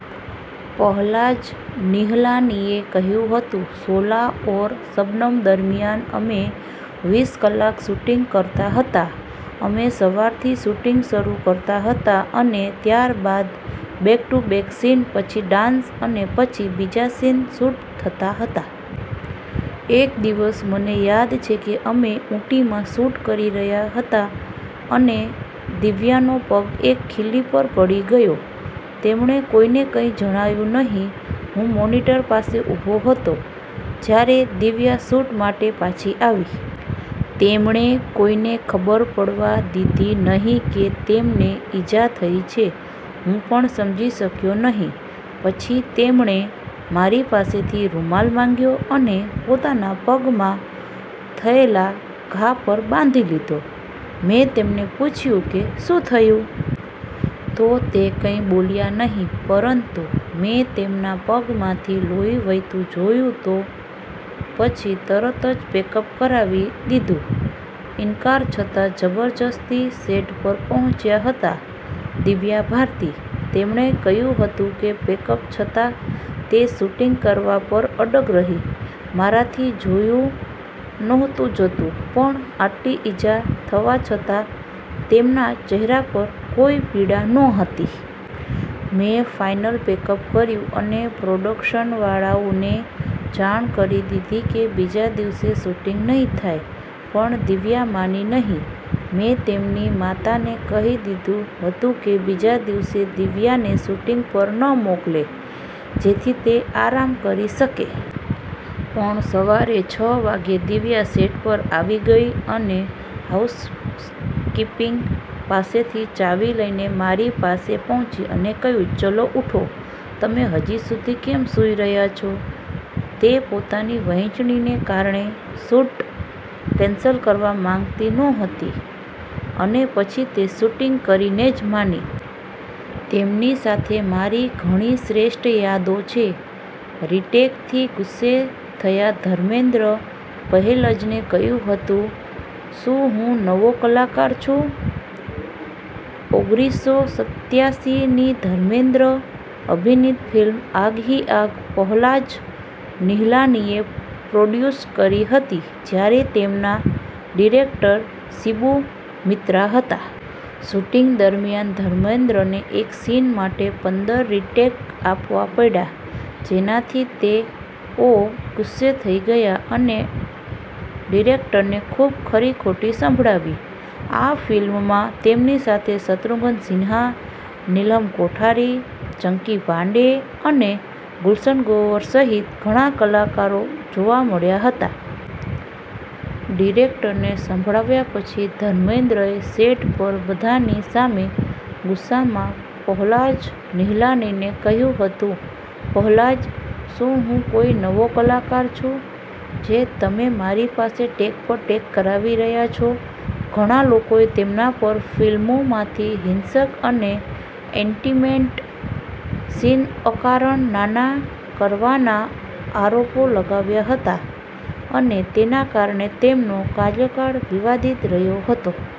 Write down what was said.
પહલાજ નિહલાનીએ કહ્યું હતું, " 'શોલા ઔર શબનમ' દરમિયાન અમે વીસ કલાક શૂટિંગ કરતા હતા. અમે સવારથી શૂટિંગ શરૂ કરતા હતા અને ત્યારબાદ બેક ટુ બેક સીન, પછી ડાન્સ અને પછી બીજા સીન શૂટ થતા હતા. એક દિવસ મને યાદ છે કે અમે ઊટીમાં શૂટ કરી રહ્યા હતા, અને દિવ્યાનો પગ એક ખીલી પર પડી ગયો. તેમણે કોઈને કંઈ જણાવ્યું નહીં. હું મોનિટર પાસે ઊભો હતો, જ્યારે દિવ્યા શૂટ માટે પાછી આવી. તેમણે કોઈને ખબર પડવા દીધી નહીં કે તેમને ઈજા થઈ છે. હું પણ સમજી શક્યો નહીં, પછી તેમણે મારી પાસેથી રૂમાલ માંગ્યો અને પોતાના પગમાં થયેલા ઘા પર બાંધી લીધો." મેં તેમને પૂછ્યું કે, શું થયું? તો તે કંઈ બોલ્યા નહીં, પરંતુ મેં તેમના પગમાંથી લોહી વહેતું જોયું તો પછી તરત જ પેકઅપ કરાવી દીધું." ઇનકાર છતાં જબરદસ્તી સેટ પર પહોંચ્યા હતા દિવ્યા ભારતી. તેમણે કહ્યું હતું કે, "પેકઅપ છતાં તે શૂટિંગ કરવા પર અડગ રહી, મારાથી જોયું નહોતું જતું પણ આટલી ઈજા થવા છતાં તેમના ચહેરા પર કોઈ પીડા નહોતી. મેં ફાઇનલ પેકઅપ કર્યું અને પ્રોડક્શનવાળાઓને જાણ કરી દીધી કે બીજા દિવસે શૂટિંગ નહીં થાય પણ દિવ્યા માની નહીં. મેં તેમની માતાને કહી દીધું હતું કે બીજા દિવસે દિવ્યાને શૂટિંગ પર ન મોકલે જેથી તે આરામ કરી શકે. પણ સવારે છ વાગ્યે, દિવ્યા સેટ પર આવી ગઈ, અને હાઉસ-કીપિંગ પાસેથી ચાવી લઈને મારી પાસે પહોંચી, અને કહ્યું, 'ચલો ઉઠો, તમે હજી સુધી કેમ સૂઈ રહ્યા છો?' તે પોતાની વહેંચણીને કારણે શૂટ કેન્સલ કરવા માંગતી નહોતી અને પછી તે શૂટિંગ કરીને જ માની. તેમની સાથે મારી ઘણી શ્રેષ્ઠ યાદો છે." રીટેકથી ગુસ્સે થયા ધર્મેન્દ્ર પહેલજને કહ્યું હતું, "શું હું નવો કલાકાર છું?" ઓગરીસો સત્યાસી ની ધર્મેન્દ્ર અભિનીત ફિલ્મ 'આગ હી આગ' પહલાજ નિહલાનીએ પ્રોડ્યુસ કરી હતી, જ્યારે તેમના ડિરેક્ટર શિબુ મિત્રા હતા. શૂટિંગ દરમિયાન ધર્મેન્દ્રને એક સીન માટે પંદર રીટેક આપવા પડ્યા, જેનાથી તેઓ ગુસ્સે થઈ ગયા અને ડિરેક્ટરને ખૂબ ખરી-ખોટી સંભળાવી. આ ફિલ્મમાં તેમની સાથે શત્રુઘ્ન સિંહા, નીલમ કોઠારી, ચંકી પાંડે અને ગુલશન ગ્રોવર સહિત ઘણા કલાકારો જોવા મળ્યા હતા. ડિરેક્ટરને સંભળાવ્યા પછી ધર્મેન્દ્રએ સેટ પર બધાની સામે ગુસ્સામાં પહલાજ નિહલાનીને કહ્યું હતું- "પહલાજ, શું હું કોઈ નવો કલાકાર છું? જે તમે મારી પાસે ટેક પર ટેક કરાવી રહ્યા છો." ઘણા લોકોએ તેમના પર ફિલ્મોમાંથી હિંસક અને ઇન્ટિમેટ સીન અકારણ નાના કરવાના આરોપો લગાવ્યા હતા અને તેના કારણે તેમનો કાર્યકાળ વિવાદિત રહ્યો હતો.